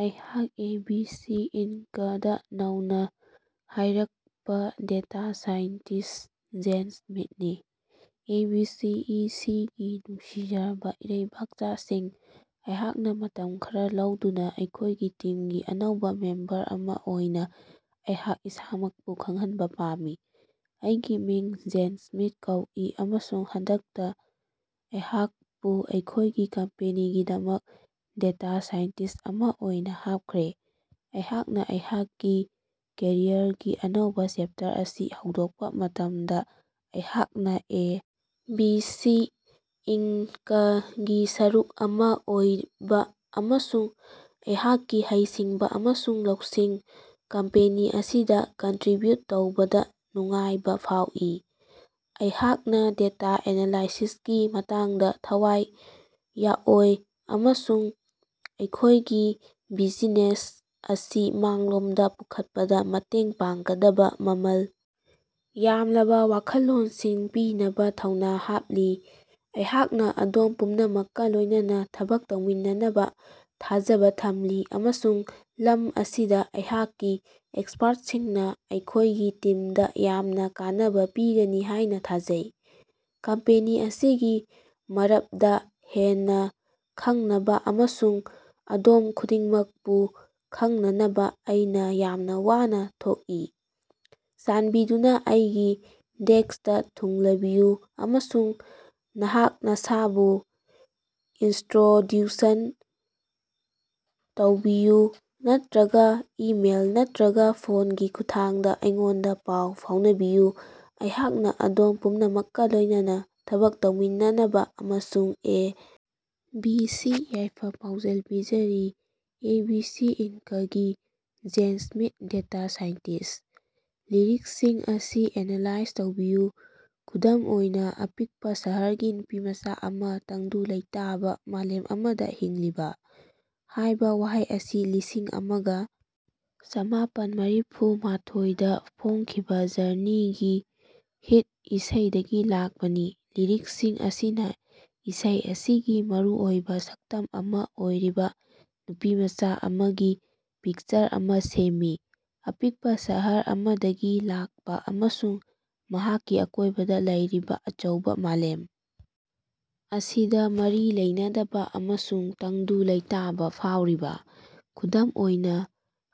ꯑꯩꯍꯥꯛ ABC. Inc. ꯗ ꯅꯧꯅ ꯍꯥꯏꯔꯛꯄ ꯗꯦꯇꯥ ꯁꯥꯏꯟꯇꯤꯁ꯭ꯠ ꯖꯦꯟ ꯁ꯭ꯃꯤꯊꯅꯤ꯫ A. B. C. E. C. ꯒꯤ ꯅꯨꯡꯁꯤꯖꯔꯕ ꯏꯔꯩꯕꯥꯛꯆꯥꯁꯤꯡ, ꯑꯩꯍꯥꯛꯅ ꯃꯇꯝ ꯈꯔ ꯂꯧꯗꯨꯅ ꯑꯩꯈꯣꯏꯒꯤ ꯇꯤꯝꯒꯤ ꯑꯅꯧꯕ ꯃꯦꯝꯕꯔ ꯑꯃ ꯑꯣꯏꯅ ꯑꯩꯍꯥꯛ ꯏꯁꯥꯃꯛꯄꯨ ꯈꯪꯍꯟꯕ ꯄꯥꯝꯃꯤ꯫ ꯑꯩꯒꯤ ꯃꯤꯡ ꯖꯦꯟ ꯁ꯭ꯃꯤꯊ ꯀꯧꯏ ꯑꯃꯁꯨꯡ ꯍꯟꯗꯛꯇ ꯑꯩꯍꯥꯛꯄꯨ ꯑꯩꯈꯣꯏꯒꯤ ꯀꯝꯄꯦꯅꯤꯒꯤꯗꯃꯛ ꯗꯦꯇꯥ ꯁꯥꯏꯟꯇꯤꯁ꯭ꯠ ꯑꯃ ꯑꯣꯏꯅ ꯍꯥꯞꯈ꯭ꯔꯦ꯫ ꯑꯩꯍꯥꯛꯅ ꯑꯩꯍꯥꯛꯀꯤ ꯀꯦꯔꯤꯌꯔꯒꯤ ꯑꯅꯧꯕ ꯆꯦꯞꯇꯔ ꯑꯁꯤ ꯍꯧꯗꯣꯛꯄ ꯃꯇꯝꯗ, ꯑꯩꯍꯥꯛꯅ ꯑꯦ. ꯕꯤ. ꯁꯤ. ꯏꯟꯀ. ꯒꯤ ꯁꯔꯨꯛ ꯑꯃ ꯑꯣꯏꯕ ꯑꯃꯁꯨꯡ ꯑꯩꯍꯥꯛꯀꯤ ꯍꯩꯁꯤꯡꯕ ꯑꯃꯁꯨꯡ ꯂꯧꯁꯤꯡ ꯀꯝꯄꯦꯅꯤ ꯑꯁꯤꯗ ꯀꯟꯇ꯭ꯔꯤꯕ꯭ꯌꯨꯠ ꯇꯧꯕꯗ ꯅꯨꯡꯉꯥꯏꯕ ꯐꯥꯎꯏ꯫ ꯑꯩꯍꯥꯛꯅ ꯗꯦꯇꯥ ꯑꯦꯅꯥꯂꯥꯏꯁꯤꯁꯀꯤ ꯃꯇꯥꯡꯗ ꯊꯋꯥꯏ ꯌꯥꯑꯣꯏ ꯑꯃꯁꯨꯡ ꯑꯩꯈꯣꯏꯒꯤ ꯕꯤꯖꯤꯅꯦꯁ ꯑꯁꯤ ꯃꯥꯡꯂꯣꯝꯗ ꯄꯨꯈꯠꯄꯗ ꯃꯇꯦꯡ ꯄꯥꯡꯒꯗꯕ ꯃꯃꯜ ꯌꯥꯝꯂꯕ ꯋꯥꯈꯜꯂꯣꯟꯁꯤꯡ ꯄꯤꯅꯕ ꯊꯧꯅ ꯍꯥꯞꯂꯤ꯫ ꯑꯩꯍꯥꯛꯅ ꯑꯗꯣꯝ ꯄꯨꯝꯅꯃꯛꯀ ꯂꯣꯏꯅꯅ ꯊꯕꯛ ꯇꯧꯃꯤꯟꯅꯅꯕ ꯊꯥꯖꯕ ꯊꯝꯂꯤ ꯑꯃꯁꯨꯡ ꯂꯝ ꯑꯁꯤꯗ ꯑꯩꯍꯥꯛꯀꯤ ꯑꯦꯛꯁꯄꯔꯇꯁꯤꯡꯅ ꯑꯩꯈꯣꯏꯒꯤ ꯇꯤꯝꯗ ꯌꯥꯝꯅ ꯀꯥꯟꯅꯕ ꯄꯤꯒꯅꯤ ꯍꯥꯏꯅ ꯊꯥꯖꯩ꯫ ꯀꯝꯄꯦꯅꯤ ꯑꯁꯤꯒꯤ ꯃꯔꯞꯗ ꯍꯦꯟꯅ ꯈꯪꯅꯕ ꯑꯃꯁꯨꯡ ꯑꯗꯣꯝ ꯈꯨꯗꯤꯡꯃꯛꯄꯨ ꯈꯪꯅꯅꯕ ꯑꯩꯅ ꯌꯥꯝꯅ ꯋꯥꯅ ꯊꯣꯛꯏ꯫ ꯆꯥꯟꯕꯤꯗꯨꯅ ꯑꯩꯒꯤ ꯗꯦꯁ꯭ꯀꯇ ꯊꯨꯡꯂꯕꯤꯌꯨ ꯑꯃꯁꯨꯡ ꯅꯍꯥꯛ ꯅꯁꯥꯕꯨ ꯏꯅꯇ꯭ꯔꯣꯗ꯭ꯌꯨꯁꯟ ꯇꯧꯕꯤꯌꯨ ꯅꯠꯇ꯭ꯔꯒ ꯏꯃꯦꯜ ꯅꯠꯇ꯭ꯔꯒ ꯐꯣꯟꯒꯤ ꯈꯨꯠꯊꯥꯡꯗ ꯑꯩꯉꯣꯟꯗ ꯄꯥꯎ ꯐꯥꯎꯅꯕꯤꯌꯨ ꯫ ꯑꯩꯍꯥꯛꯅ ꯑꯗꯣꯝ ꯄꯨꯝꯅꯃꯛꯀ ꯂꯣꯏꯅꯅ ꯊꯕꯛ ꯇꯧꯃꯤꯟꯅꯅꯕ ꯑꯃꯁꯨꯡ ꯑꯦ. ꯕꯤ. ꯁꯤ. ꯌꯥꯏꯐ-ꯄꯥꯎꯖꯦꯜ ꯄꯤꯖꯔꯤ, ꯑꯦ. ꯕꯤ. ꯁꯤ. ꯏꯟꯀ. ꯒꯤ ꯖꯦꯟ ꯁ꯭ꯃꯤꯊ ꯗꯦꯇꯥ ꯁꯥꯏꯟꯇꯤꯁ꯭ꯠ꯫ ꯂꯤꯔꯤꯛꯁꯤꯡ ꯑꯁꯤ ꯑꯦꯅꯥꯂꯥꯏꯖ ꯇꯧꯕꯤꯌꯨ: "ꯈꯨꯗꯝ ꯑꯣꯏꯅ ꯑꯄꯤꯛꯄ ꯁꯍꯔꯒꯤ ꯅꯨꯄꯤꯃꯆꯥ ꯑꯃ ꯇꯪꯗꯨ ꯂꯩꯇꯥꯕ ꯃꯥꯂꯦꯝ ꯑꯃꯗ ꯍꯤꯡꯂꯤꯕꯥ"꯫ ꯍꯥꯏꯕ ꯋꯥꯍꯩ ꯑꯁꯤ ꯂꯤꯁꯤꯡ ꯑꯃꯒ ꯆꯃꯥꯄꯟ ꯃꯔꯤꯐꯨ ꯃꯥꯊꯣꯏ ꯗ ꯐꯣꯡꯈꯤꯕ ꯖꯔꯅꯤꯒꯤ ꯍꯤꯠ ꯏꯁꯩ ꯗꯒꯤ ꯂꯥꯛꯄꯅꯤ, ꯂꯤꯔꯤꯛꯁꯤꯡ ꯑꯁꯤꯅ ꯏꯁꯩ ꯑꯁꯤꯒꯤ ꯃꯔꯨꯑꯣꯏꯕ ꯁꯛꯇꯝ ꯑꯃ ꯑꯣꯏꯔꯤꯕ ꯅꯨꯄꯤꯃꯆ ꯑꯃꯒꯤ ꯄꯤꯛꯆꯔ ꯑꯃ ꯁꯦꯝꯃꯤ꯫ ꯑꯄꯤꯛꯄ ꯁꯍꯔ ꯑꯃꯗꯒꯤ ꯂꯥꯛꯄ ꯑꯃꯁꯨꯡ ꯃꯍꯥꯛꯀꯤ ꯑꯀꯣꯏꯕꯗ ꯂꯩꯔꯤꯕ ꯑꯆꯧꯕ ꯃꯥꯂꯦꯝ ꯑꯁꯤꯗ ꯃꯔꯤ ꯂꯩꯅꯗꯕ ꯑꯃꯁꯨꯡ ꯇꯪꯗꯨ ꯂꯩꯇꯥꯕ ꯐꯥꯎꯔꯤꯕ꯫ "ꯈꯨꯗꯝ ꯑꯣꯏꯅ"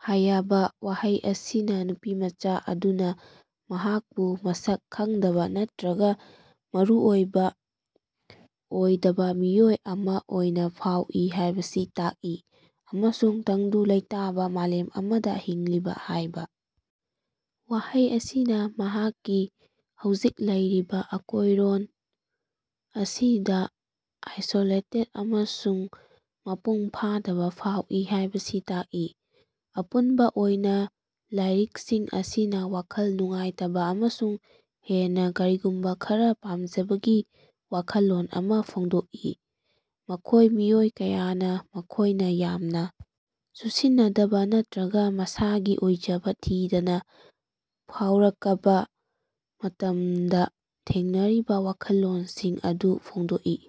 ꯍꯥꯌꯕ ꯋꯥꯍꯩ ꯑꯁꯤꯅ ꯅꯨꯄꯤꯃꯆ ꯑꯗꯨꯅ ꯃꯍꯥꯛꯄꯨ ꯃꯁꯛ ꯈꯪꯗꯕ ꯅꯠꯇ꯭ꯔꯒ ꯃꯔꯨꯑꯣꯏꯕ ꯑꯣꯏꯗꯕ ꯃꯤꯑꯣꯏ ꯑꯃ ꯑꯣꯏꯅ ꯐꯥꯎꯏ ꯍꯥꯢꯕꯁꯤ ꯇꯥꯛꯏ ꯑꯃꯁꯨꯡ "ꯇꯪꯗꯨ ꯂꯩꯇꯥꯕ ꯃꯥꯂꯦꯝ ꯑꯃꯗ ꯍꯤꯡꯂꯤꯕꯥ" ꯍꯥꯏꯕ ꯋꯥꯍꯩ ꯑꯁꯤꯅ ꯃꯍꯥꯛꯀꯤ ꯍꯧꯖꯤꯛ ꯂꯩꯔꯤꯕ ꯑꯀꯣꯌꯔꯣꯟ ꯑꯁꯤꯗ ꯑꯥꯏꯁꯣꯂꯦꯇꯦꯗ ꯑꯃꯁꯨꯡ ꯃꯄꯨꯡ ꯐꯥꯗꯕ ꯐꯥꯎꯏ ꯍꯥꯢꯕꯁꯤ ꯇꯥꯛꯏ꯫ ꯑꯄꯨꯟꯕ ꯑꯣꯏꯅ ꯂꯥꯏꯔꯤꯛꯁꯤꯡ ꯑꯁꯤꯅ ꯋꯥꯈꯜ ꯅꯨꯡꯉꯥꯏꯇꯕ ꯑꯃꯁꯨꯡ ꯍꯦꯟꯅ ꯀꯔꯤꯒꯨꯝꯕ ꯈꯔ ꯄꯥꯝꯖꯕꯒꯤ ꯋꯥꯈꯜꯂꯣꯟ ꯑꯃ ꯐꯣꯡꯗꯣꯛꯏ, ꯃꯈꯣꯢ ꯃꯤꯑꯣꯏ ꯀꯌꯥꯅ ꯃꯈꯣꯏꯅ ꯌꯥꯝꯅ ꯆꯨꯁꯤꯟꯅꯗꯕ ꯅꯠꯇ꯭ꯔꯒ ꯃꯁꯥꯒꯤ ꯑꯣꯏꯖꯕ ꯊꯤꯗꯅ ꯐꯥꯎꯔꯀꯄ ꯃꯇꯝꯗ ꯊꯦꯡꯅꯔꯤꯕ ꯋꯥꯈꯜꯂꯣꯟꯁꯤꯡ ꯑꯗꯨ ꯐꯣꯡꯗꯣꯛꯏ ꯫